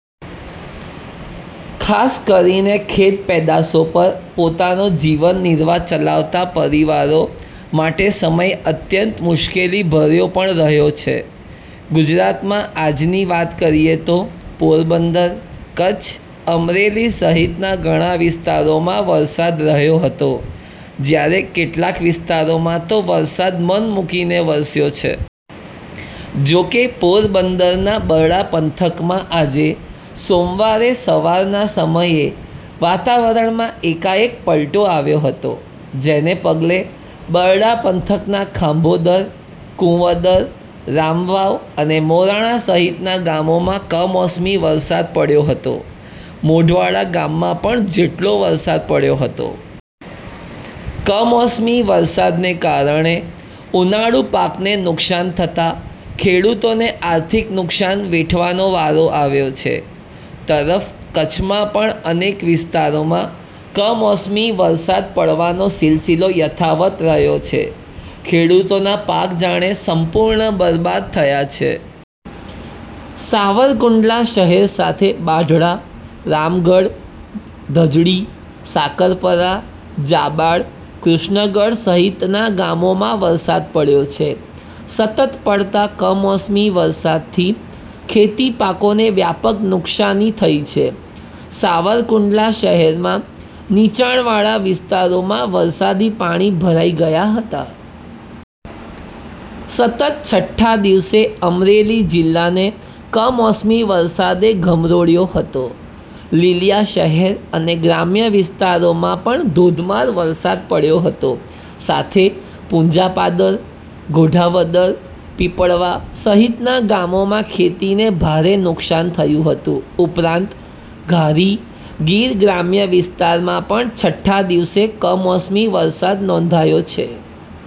ખાસ કરીને ખેત પેદાસો પર પોતાનો જીવન નિર્વાહ ચલાવતા પરિવારો માટેસમય અત્યંત મુશ્કેલી ભર્યો પણ રહ્યો છે. ગુજરાતમાં આજની વાત કરીએ તો, પોરબંદર, કચ્છ, અમરેલી સહિતના ઘણા વિસ્તારોમાં વરસાદ રહ્યો હતો. જ્યારે કેટલાક વિસ્તારોમાં તો વરસાદ મન મુકીને વરસ્યો છે. જોકે પોરબંદરના બરડા પંથકમાં આજે સોમવારે સવારના સમયે વાતાવરણમાં એકાએક પલટો આવ્યો હતો. જેને પગલે બરડા પંથકના ખાંભોદર કુંવદર રામવાવ અને મોરાણા સહિતના ગામોમાં કમોસમી વરસાદ પડ્યો હતો. મોઢવાડા ગામમાં પણ જેટલો વરસાદ પડ્યો હતો. કમોસમી વરસાદને કારણે ઉનાળુ પાકને નુકસાન થતાં ખેડૂતોને આર્થિક નુકસાન વેઠવાનો વારો આવ્યો છે. તરફ કચ્છમાં પણ અનેક વિસ્તારોમાં કમોસમી વરસાદ પડવાનો સીલસીલો યથાવત રહ્યો છે. ખેડૂતોના પાક જાણે સંપૂર્ણ બરબાદ થયા છે. સાવરકુંડલા શહેર સાથે બાઢડા, રામગઢ, ધજડી, સાકરપરા, જાબાળ, કૃષ્ણ ગઢ સહિતના ગામોમાં વરસાદ પડ્યો છે. સતત પડતા કમોસમી વરસાદથી ખેતીપાકોને વ્યાપક નુકશાની થઈ છે. સાવરકુંડલા શહેરમાં નીચાણ વાળા વિસ્તારોમાં વરસાદી પાણી ભરાઈ ગયા હતા. સતત છઠ્ઠા દિવસે અમરેલી જિલ્લાને કમોસમી વરસાદે ધમરોળ્યો હતો. લીલીયા શહેર અને ગ્રામ્ય વિસ્તારોમાં પણ ધોધમાર વરસાદ પડ્યો હતો. સાથેપુંજાપાદર, ગોઢાવદર, પીપળવા, સહિતના ગામોમાં ખેતીને ભારે નુકસાન થયું હતું. ઉપરાંત ધારી ગીર ગ્રામ્ય વિસ્તારમાં પણ છઠ્ઠા દિવસે કમોસમી વરસાદ નોંધાયો છે.